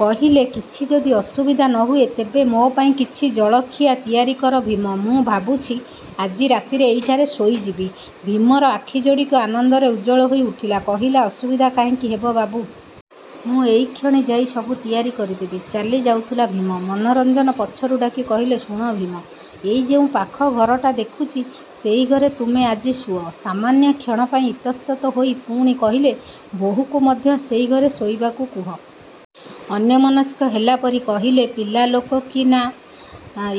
କହିଲେ – କିଛି ଯଦି ଅସୁବିଧା ନ ହୁଏ ତେବେ ମୋ ପାଇଁ କିଛି ଜଳଖିଆ ତିଆରି କର ଭୀମ। ମୁଁ ଭାବୁଛି, ଆଜି ରାତିରେ ଏଇଠାରେ ଶୋଇଯିବି। ଭୀମର ଆଖି ଯୋଡ଼ିକ ଆନନ୍ଦରେ ଉଜ୍ଜ୍ୱଳ ହୋଇ ଉଠିଲା। କହିଲା, ଅସୁବିଧା କାହିଁକି ହେବ ବାବୁ। ମୁଁ ଏଇକ୍ଷଣି ଯାଇ ସବୁ ତିଆରି କରିଦେବି। ଚାଲି ଯାଉଥିଲା ଭୀମ, ମନୋରଞ୍ଜନ ପଛରୁ ଡାକି କହିଲେ ଶୁଣ ଭୀମ! ଏଇ ଯେଉଁ ପାଖ ଘରଟା ଦେଖୁଛି, ସେଇ ଘରେ ତୁମେ ଆଜି ଶୁଅ। ସାମାନ୍ୟ କ୍ଷଣ ପାଇଁ ଇତସ୍ତତଃ ହୋଇ ପୁଣି କହିଲେ ବୋହୂକୁ ମଧ୍ୟ ସେଇ ଘରେ ଶୋଇବାକୁ କୁହ। ଅନ୍ୟମନସ୍କ ହେଲା ପରି କହିଲେ ପିଲାଲୋକ କି ନା।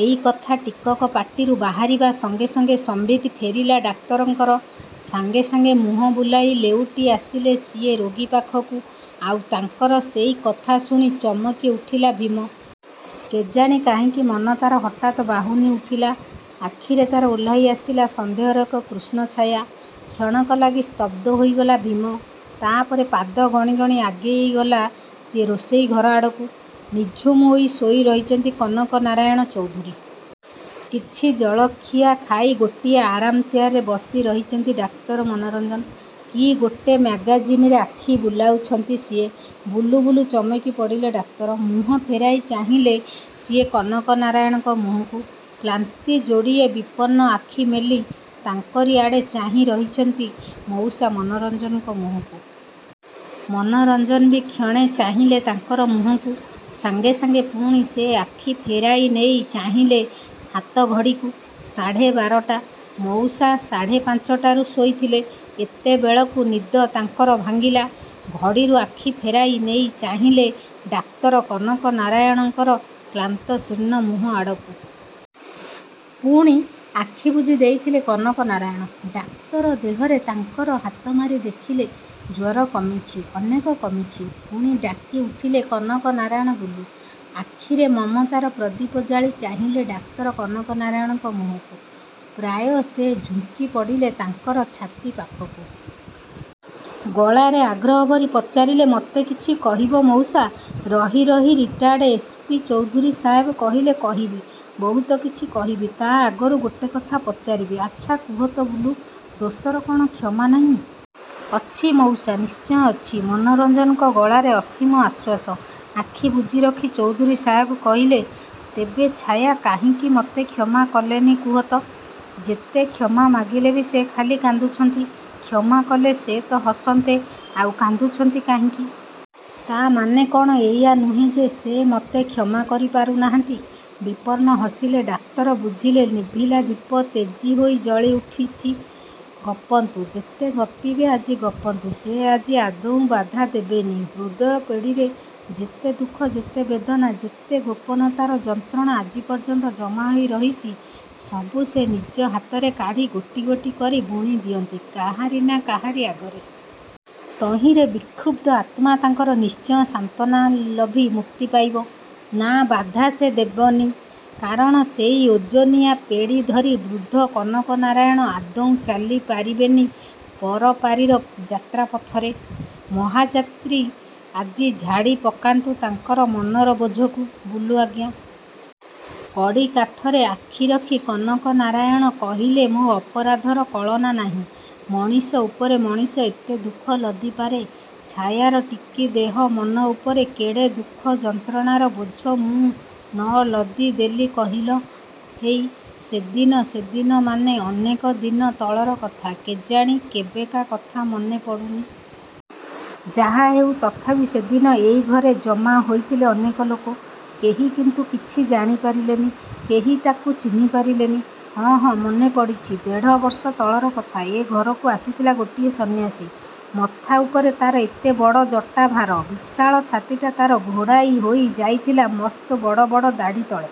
ଏଇ କଥା ଟିକକ ପାଟିରୁ ବାହାରିବା ସଙ୍ଗେ ସଙ୍ଗେ ସମ୍ବିତ ଫେରିଲା ଡାକ୍ତରଙ୍କର। ସାଙ୍ଗେ ସାଙ୍ଗେ ମୁହଁ ବୁଲାଇ ଲେଉଟି ଆସିଲେ ସିଏ ରୋଗୀ ପାଖକୁ। ଆଉ ତାଙ୍କର ସେଇ କଥା ଶୁଣି ଚମକି ଉଠିଲା ଭୀମ। କେଜାଣି କାହିଁକି ମନ ତା'ର ହଠାତ୍ ବାହୁନି ଉଠିଲା। ଆଖିରେ ତା'ର ଓହ୍ଲାଇ ଆସିଲା ସନ୍ଦେହର ଏକ କୃଷ୍ଣଛାୟା। କ୍ଷଣକ ଲାଗି ସ୍ତବ୍ଧ ହୋଇଗଲା ଭୀମ। ତା' ପରେ, ପାଦ ଗଣି ଗଣି ଆଗେଇ ଗଲା ସିଏ ରୋଷେଇ ଘର ଆଡ଼କୁ। ନିଝୁମ ହୋଇ ଶୋଇ ରହିଛନ୍ତି କନକନାରାୟଣ ଚୌଧୁରୀ। କିଛି ଜଳଖିଆ ଖାଇ ଗୋଟିଏ ଆରାମ ଚେୟାରରେ ବସି ରହିଛନ୍ତି ଡାକ୍ତର ମନୋରଞ୍ଜନ। କି ଗୋଟେ ମ୍ୟାଗାଜିନ୍‌ରେ ଆଖି ବୁଲାଉଛନ୍ତି ସିଏ। ବୁଲୁ ବୁଲୁ ଚମକି ପଡ଼ିଲେ ଡାକ୍ତର। ମୁହଁ ଫେରାଇ ଚାହିଁଲେ ସିଏ କନକନାରାୟଣଙ୍କ ମୁହଁକୁ। କ୍ଳାନ୍ତି ଯୋଡ଼ିଏ ବିପନ୍ନ ଆଖି ମେଲି ତାଙ୍କରି ଆଡ଼େ ଚାହିଁ ରହିଛନ୍ତି ମଉସା ମନୋରଞ୍ଜନଙ୍କ ମୁହଁକୁ। ମନୋରଞ୍ଜନ ବି କ୍ଷଣେ ଚାହିଁଲେ ତାଙ୍କର ମୁହଁକୁ। ସାଙ୍ଗେ ସାଙ୍ଗେ ପୁଣି ସେ ଆଖି ଫେରାଇ ନେଇ ଚାହିଁଲେ ହାତ ଘଡ଼ିକୁ। ସାଢ଼େ ବାରଟା। ମଉସା ସାଢ଼େ ପାଞ୍ଚଟାରୁ ଶୋଇଥିଲେ। ଏତେବେଳକୁ ନିଦ ତାଙ୍କର ଭାଙ୍ଗିଲା। ଘଡ଼ିରୁ ଆଖି ଫେରାଇ ନେଇ ଚାହିଁଲେ ଡାକ୍ତର କନକନାରାୟଣଙ୍କର କ୍ଳାନ୍ତ ଶୀର୍ଣ୍ଣ ମୁହଁ ଆଡ଼କୁ। ପୁଣି ଆଖି ବୁଜି ଦେଇଥିଲେ କନକନାରାୟଣ। ଡାକ୍ତର ଦେହରେ ତାଙ୍କର ହାତ ମାରି ଦେଖିଲେ ଜ୍ୱର କମିଛି, ଅନେକ କମିଛି। ପୁଣି ଡାକି ଉଠିଲେ କନକନାରାୟଣ ବୁଲୁ। ଆଖିରେ ମମତାର ପ୍ରଦୀପ ଜାଳି ଚାହିଁଲେ ଡାକ୍ତର କନକନାରାୟଣଙ୍କ ମୁହଁକୁ। ପ୍ରାୟ ସେ ଝୁଙ୍କି ପଡ଼ିଲେ ତାଙ୍କର ଛାତି ପାଖକୁ। ଗଳାରେ ଆଗ୍ରହ ଭରି ପଚାରିଲେ ମତେ କିଛି କହିବ ମଉସା? ରହି ରହି ରିଟାୟାର୍ଡ ଏସ୍. ପି. ଚୌଧୁରୀ ସାହେବ କହିଲେ କହିବି, ବହୁତ କିଛି କହିବି। ତା' ଆଗରୁ ଗୋଟେ କଥା ପଚାରିବି। ଆଚ୍ଛା, କୁହ ତ ବୁଲୁ, ଦୋଷର କ'ଣ କ୍ଷମା ନାହିଁ? ଅଛି ମଉସା, ନିଶ୍ଚୟ ଅଛି। ମନୋରଞ୍ଜନଙ୍କ ଗଳାରେ ଅସୀମ ଆଶ୍ୱାସ। ଆଖି ବୁଜି ରଖି ଚୌଧୁରୀ ସାହେବ କହିଲେ ତେବେ ଛାୟା କାହିଁକି ମତେ କ୍ଷମା କଲେନି କୁହ ତ? ଯେତେ କ୍ଷମା ମାଗିଲେ ବି ସେ ଖାଲି କାନ୍ଦୁଛନ୍ତି। କ୍ଷମା କଲେ ସେ ତ ହସନ୍ତେ ଆଉ କାନ୍ଦୁଛନ୍ତି କାହିଁକି? ତା' ମାନେ କ'ଣ ଏଇଆ ନୁହେଁ ଯେ ସେ ମତେ କ୍ଷମା କରି ପାରୁନାହାନ୍ତି। ବିପନ୍ନ ହସିଲେ ଡାକ୍ତର ବୁଝିଲେ ନିଭିଲା ଦୀପ ତେଜି ହୋଇ ଜଳି ଉଠିଛି। ଗପନ୍ତୁ, ଯେତେ ଗପିବେ ଆଜି ଗପନ୍ତୁ। ସେ ଆଜି ଆଦୌ ବାଧା ଦେବେନି। ହୃଦୟ ପେଡ଼ିରେ ଯେତେ ଦୁଃଖ, ଯେତେ ବେଦନା, ଯେତେ ଗୋପନତାର ଯନ୍ତ୍ରଣା ଆଜି ପର୍ଯ୍ୟନ୍ତ ଜମା ହୋଇ ରହିଛି, ସବୁ ସେ ନିଜ ହାତରେ କାଢ଼ି ଗୋଟି ଗୋଟି କରି ବୁଣି ଦିଅନ୍ତି କାହାରି ନା କାହାରି ଆଗରେ। ତହିଁରେ ବିକ୍ଷୁବ୍ଧ ଆତ୍ମା ତାଙ୍କର ନିଶ୍ଚୟ ସାନ୍ତ୍ୱନା ଲଭି ମୁକ୍ତି ପାଇବ। ନା ବାଧା ସେ ଦେବନି। କାରଣ ସେଇ ଓଜନିଆ ପେଡ଼ି ଧରି ବୃଦ୍ଧ କନକନାରାୟଣ ଆଦୌ ଚାଲି ପାରିବେନି ପରପାରିର ଯାତ୍ରାପଥରେ। ମହାଯାତ୍ରୀ ଆଜି ଝାଡ଼ି ପକାନ୍ତୁ ତାଙ୍କର ମନର ବୋଝକୁ। ବୁଲୁ ଆଜ୍ଞା। କଡ଼ି କାଠରେ ଆଖି ରଖି କନକନାରାୟଣ କହିଲେ ମୋ ଅପରାଧର କଳନା ନାହିଁ। ମଣିଷ ଉପରେ ମଣିଷ ଏତେ ଦୁଃଖ ଲଦି ପାରେ? ଛାୟାର ଟିକି ଦେହ ମନ ଉପରେ କେଡ଼େ ଦୁଃଖ ଯନ୍ତ୍ରଣାର ବୋଝ ମୁଁ ନ ଲଦି ଦେଲି କହିଲ। ହେଇ, ସେଦିନ ସେଦିନ ମାନେ ଅନେକ ଦିନ ତଳର କଥା, କେଜାଣି କେବେକା କଥା ମନେ ପଡ଼ୁନି। ଯାହାହେଉ ତଥାପି ସେଦିନ ଏଇ ଘରେ ଜମା ହୋଇଥିଲେ ଅନେକ ଲୋକ। କେହି କିନ୍ତୁ କିଛି ଜାଣି ପାରିଲେନି। କେହି ତାକୁ ଚିହ୍ନି ପାରିଲେନି। ହଁ, ହଁ, ମନେ ପଡ଼ିଛି। ଦେଢ଼ ବର୍ଷ ତଳର କଥା। ଏ ଘରକୁ ଆସିଥିଲା ଗୋଟିଏ ସନ୍ନ୍ୟାସୀ। ମଥା ଉପରେ ତା'ର ଏତେ ବଡ଼ ଜଟା ଭାର, ବିଶାଳ ଛାତିଟା ତା'ର ଘୋଡ଼ାଇ ହୋଇ ଯାଇଥିଲା ମସ୍ତ ବଡ଼ ବଡ଼ ଦାଢ଼ି ତଳେ।